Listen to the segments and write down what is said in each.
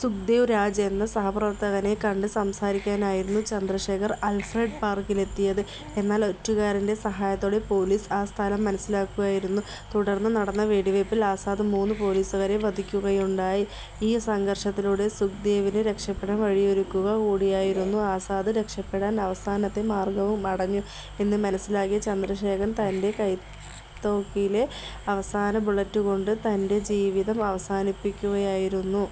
സുഖ്ദേവ് രാജ് എന്ന സഹപ്രവർത്തകനെ കണ്ട് സംസാരിക്കാനായിരുന്നു ചന്ദ്രശേഖർ ആൽഫ്രഡ് പാർക്കിലെത്തിയത്. എന്നാൽ ഒറ്റുകാരന്റെ സഹായത്തോടെ പോലീസ് ആ സ്ഥലം മനസ്സിലാക്കുകായിരുന്നു. തുടർന്നു നടന്ന വെടിവെപ്പിൽ ആസാദ് മൂന്നു പോലീസുകാരെ വധിക്കുകയുണ്ടായി. ഈ സംഘർഷത്തിലൂടെ സുഖ്ദേവിന് രക്ഷപ്പെടാൻ വഴിയൊരുക്കുക കൂടിയായിരുന്നു ആസാദ്. രക്ഷപ്പെടാൻ അവസാനത്തെ മാർഗ്ഗവും അടഞ്ഞു എന്ന് മനസ്സിലാക്കിയ ചന്ദ്രശേഖർ തന്റെ കൈത്തോക്കിലെ അവസാന ബുള്ളറ്റുകൊണ്ട് തന്റെ ജീവിതം അവസാനിപ്പിക്കുകയായിരുന്നു.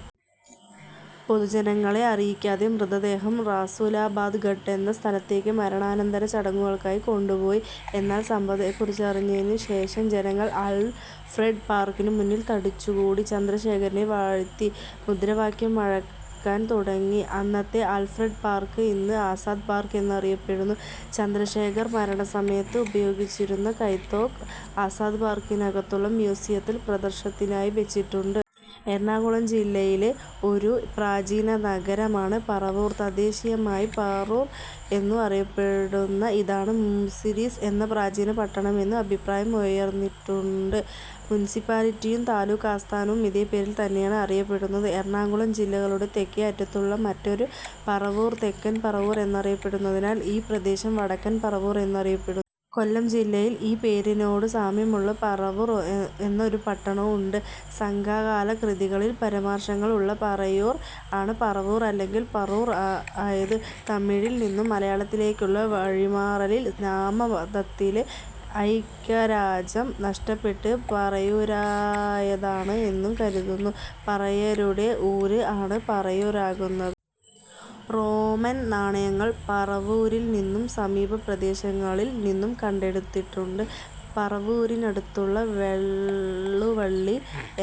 പൊതുജനങ്ങളെ അറിയിക്കാതെ മൃതദേഹം റാസുലാബാദ് ഘട്ട് എന്ന സ്ഥലത്തേക്ക് മരണാനന്തര ചടങ്ങുകൾക്കായി കൊണ്ടു പോയി. എന്നാൽ സംഭവത്തെക്കുറിച്ചറിഞ്ഞതിനുശേഷം ജനങ്ങൾ ആൽഫ്രഡ് പാർക്കിനുമുന്നിൽ തടിച്ചു കൂടി ചന്ദ്രശേഖറിനെ വാഴ്ത്തി മുദ്രാവാക്യം മുഴക്കാൻ തുടങ്ങി. അന്നത്തെ ആൽഫ്രഡ് പാർക്ക് ഇന്ന് ആസാദ് പാർക്ക് എന്നറിയപ്പെടുന്നു. ചന്ദ്രശേഖർ മരണസമയത്ത് ഉപയോഗിച്ചിരുന്ന കൈത്തോക്ക് ആസാദ് പാർക്കിനകത്തുള്ള മ്യൂസിയത്തിൽ പ്രദർശനത്തിനായി വെച്ചിട്ടുണ്ട്. എറണാകുളം ജില്ലയിലെ ഒരു പ്രാചീന നഗരമാണ് പറവൂർ. തദ്ദേശീയമായി പറൂർ എന്നും അറിയപ്പെടുന്ന ഇതാണ് മുസിരിസ് എന്ന പ്രാചീന പട്ടണമെന്നും അഭിപ്രായം ഉയർന്നിട്ടുണ്ട്. മുൻസിപ്പാലിറ്റിയും താലൂക്ക് ആസ്ഥാനവും ഇതേ പേരിൽ തന്നെയാണ് അറിയപ്പെടുന്നത്. എറണാകുളം ജില്ലയുടെ തെക്കേ അറ്റത്തുള്ള മറ്റൊരു പറവൂർ തെക്കൻ പറവൂർ എന്നറിയപ്പെടുന്നതിനാൽ, ഈ പ്രദേശം വടക്കൻ പറവൂർ എന്നറിയപ്പെടുന്നു. കൊല്ലം ജില്ലയിൽ ഈ പേരിനോടു സാമ്യം ഉള്ള പരവൂർ എന്ന ഒരു പട്ടണവും ഉണ്ട്. സംഘകാല കൃതികളിൽ പരാമർശങ്ങൾ ഉള്ള പറയൂർ ആണ് പറവൂർ അല്ലെങ്കിൽ പറൂർ ആയത്. തമിഴിൽ നിന്നും മലയാളത്തിലേക്കുള്ള വഴിമാറലിൽ നാമപദത്തിലെ ഐ കാരം നഷ്ടപ്പെട്ട് പറയൂരായതാണ് എന്നു കരുതുന്നു. പറയരുടെ ഊര് ആണ് പറയൂർ ആകുന്നത്. റോമൻ നാണയങ്ങൾ പറവൂരിൽ നിന്നും സമീപപ്രദേശങ്ങളിൽ നിന്നും കണ്ടെടുത്തിട്ടുണ്ട്. പറവൂരിനടുത്തുള്ള വള്ളുവള്ളി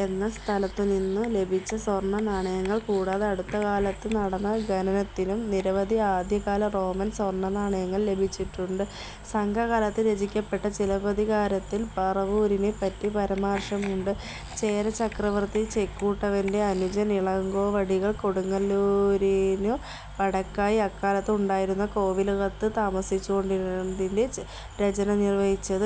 എന്ന സ്ഥലത്തുനിന്നും ലഭിച്ച സ്വർണ്ണനാണയങ്ങൾ കൂടാതെ അടുത്തകാലത്ത് നടന്ന ഖനനത്തിലും നിരവധി ആദ്യകാല റോമൻ സ്വർണ്ണനാണയങ്ങൾ ലഭിച്ചിട്ടുണ്ട്. സംഘകാലത്ത് രചിക്കപ്പെട്ട ചിലപ്പതികാരത്തിൽ പറവൂരിനെ പറ്റി പരാമർശമുണ്ട്. ചേരചക്രവർത്തി ചെക്കുട്ടുവന്റെ അനുജൻ ഇളങ്കോവടികൾ കൊടുങ്ങല്ലൂരിനു വടക്കായി അക്കാലത്ത് ഉണ്ടായിരുന്ന കോവിലകത്ത് താമസിച്ചുകൊണ്ടാണിതിന്റെ രചന നിർവ്വഹിച്ചത്.